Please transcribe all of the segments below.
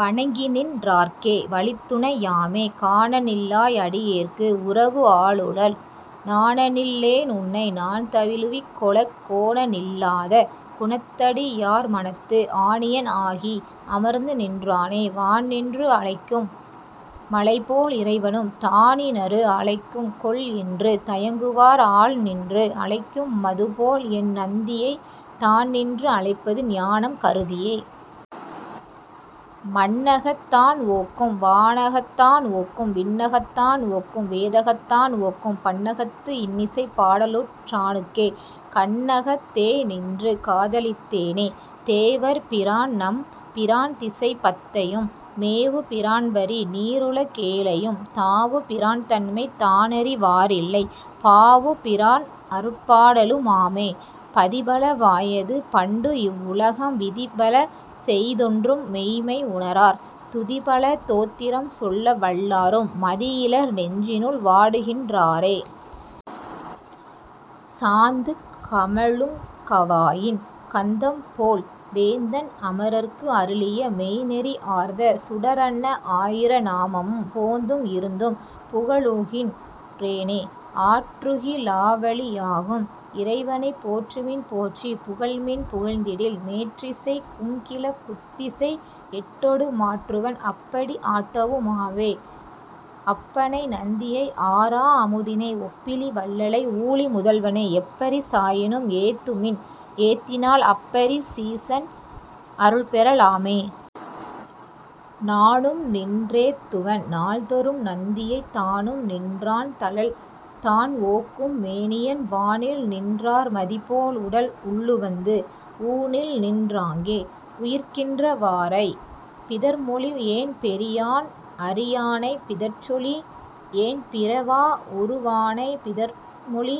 வணங்கிநின் றார்க்கே வழித்துணை யாமே. காணநில் லாய்அடி யேற்குஉறவுஆருளர் நாணநில் லேன்உன்னை நான்தழு விக்கொளக் கோணநில் லாத குணத்தடி யார்மனத்து ஆணியன் ஆகி அமர்ந்துநின் றானே. வான்நின்று அழைக்கும் மழைபோல் இறைவனும் தானினறு அழைக்கும்கொல் என்று தயங்குவார் ஆன்நின்று அழைக்கு மதுபோல்என் நந்தியை நான்நின்று அழைப்பது ஞானம் கருதியே. மண்ணகத் தான்ஒக்கும் வானகத் தான்ஒக்கும் விண்ணகத் தான்ஒக்கும் வேதகத் தான்ஒக்கும் பண்ணகத்து இன்னிசை பாடலுற் றானுக்கே கண்ணகத் தேநின்று காதலித் தேனே. தேவர் பிரான்நம் பிரான்திசை பத்தையும் மேவு பிரான்விரி நீருலகேழையும் தாவு பிரான்தன்மை தானறி வாரில்லை பாவு பிரான்அருட் பாடலு மாமே. பதிபல வாயது பண்டுஇவ் வுலகம் விதிபல செய்தொன்றும் மெய்ம்மை உணரார் துதிபல தோத்திரம் சொல்ல வல்லாரும் மதியிலர் நெஞ்சினுள் வாடுகின் றாரே. சாந்து கமழுங் கவாயின் கந்தம்போல் வேந்தன் அமரர்க்கு அருளிய மெய்ந்நெறி ஆர்ந்த சுடரன்ன ஆயிர நாமமும் போந்தும் இருந்தும் புகழுகின் றேனே. ஆற்றுகி லாவழி யாகும் இறைவனைப் போற்றுமின் போற்றிப் புகழ்மின் புகழ்ந்திடில் மேற்றிசைக் கும்கிழக் குத்திசை எட்டொடு மாற்றுவன் அப்படி ஆட்டவு மாமே. அப்பனை நந்தியை ஆரா அமுதினை ஒப்பிலி வள்ளலை ஊழி முதல்வனை எப்பரி சாயினும் ஏத்துமின் ஏத்தினால் அப்பரி சீசன் அருள்பெற லாமே. நானும்நின் றேத்துவன் நாள்தொறும் நந்தியைத் தானும்நின் றான்தழல் தான்ஒக்கும் மேனியன் வானில்நின் றார்மதி போல்உடல் உள்ளுவந்து ஊனில்நின் றாங்கே உயிர்க்கின்ற வாறே. பிதற்றொழி யேன்பெரி யான்அரி யானைப் பிதற்றொழி யேன்பிற வாஉரு வானைப் பிதற்றொழி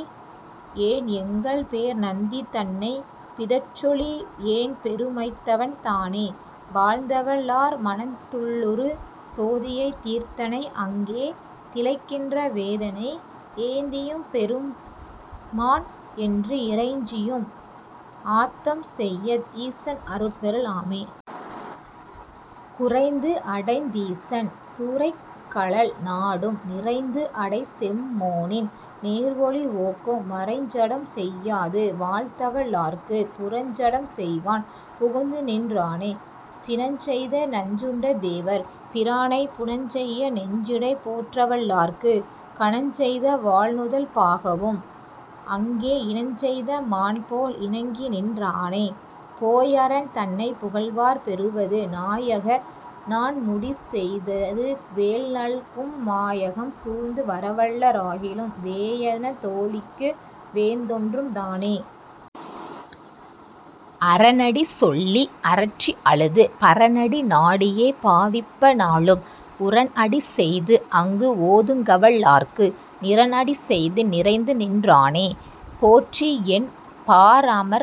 யேன்எங்கள் பேர்நந்தி தன்னைப் பிதற்றொழி யேன்பெரு மைத்தவன் தானே. வாழ்த்தவல் லார்மனத் துள்ளுறு சோதியைத் தீர்த்தனை அங்கே திளைக்கின்ற தேவனை ஏத்தியும் எம்பெரு மான்என்றுஇறைஞ்சியும் ஆத்தம் செய் தீசன் அருள்பெற லாமே. குறைந்துஅடைந் தீசன் குரைகழல் நாடும் நிறைந்துஅடை செம்பொனின் நேர்ஒளி ஒக்கும் மறைஞ்சடம் செய்யாது வாழ்த்தவல் லார்க்குப் புறஞ்சடம் செய்வான் புகுந்துநின் றானே. சினஞ்செய்த நஞ்சுண்ட தேவர் பிரானைப் புனஞ்செய்த நெஞ்சிடை போற்றவல் லார்க்குக் கனஞ்செய்த வாள்நுதல் பாகனும் அங்கே இனஞ்செய்த மான்போல் இணங்கிநின் றானே. போய்அரன் தன்னைப் புகழ்வார் பெறுவது நாயக னான்முடி செய்தது வேநல்கும் மாயகம் சூழ்ந்து வரவல்ல ராகிலும் வேயன தோளிக்கு வேந்தொன்றும் தானே. அரனடி சொல்லி அரற்றி அழுது பரனடி நாடியே பாவிப்ப நாளும் உரன்அடி செய்துஅங்கு ஓதுங்கவல் லார்க்கு நிரன்அடி செய்து நிறைந்துநின் றானே. போற்றிஎன் பார்அம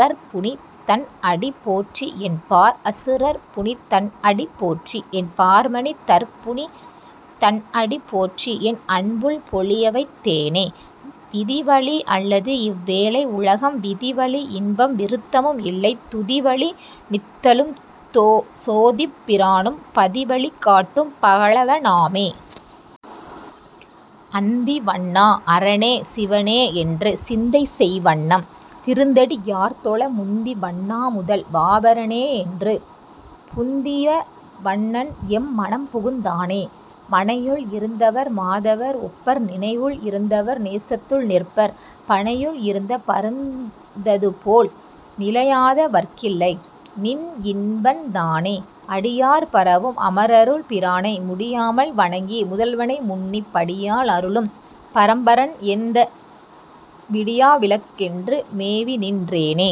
ரர்புனி தன்அடி போற்றிஎன் பார்அசு ரர்புனி தன்அடி போற்றிஎன் பார்மனி தர்புனி தன்அடி போற்றிஎன் அன்புள் பொலியவைத் தேனே. விதிவழி அல்லதுஇவ் வேலை உலகம் விதிவழி இன்பம் விருத்தமும் இல்லை துதிவழி நித்தலும் சோதிப் பிரானும் பதிவழி காட்டும் பகலவ னாமே. அந்திவண் ணாஅர னேசிவ னேஎன்று சிந்தைசெய் வண்ணம் திருந்தடி யார்தொழ முந்திவண் ணாமுதல் வாபர னேஎன்று புந்தி வண்ணன்எம் மனம்புகுந் தானே. மனையுள் இருந்தவர் மாதவர் ஒப்பர் நினைவுள் இருந்தவர் நேசத்துள் நிற்பர் பனையுள் இருந்த பருந்தது போல நினையாத வர்க்கில்லை நின்இன்பந் தானே. அடியார் பரவும் அமரர் பிரானை முடியால் வணங்கி முதல்வனை முன்னிப் படியால் அருளும் பரம்பரன் எந்தை விடியா விளக்கென்று மேவிநின் றேனே.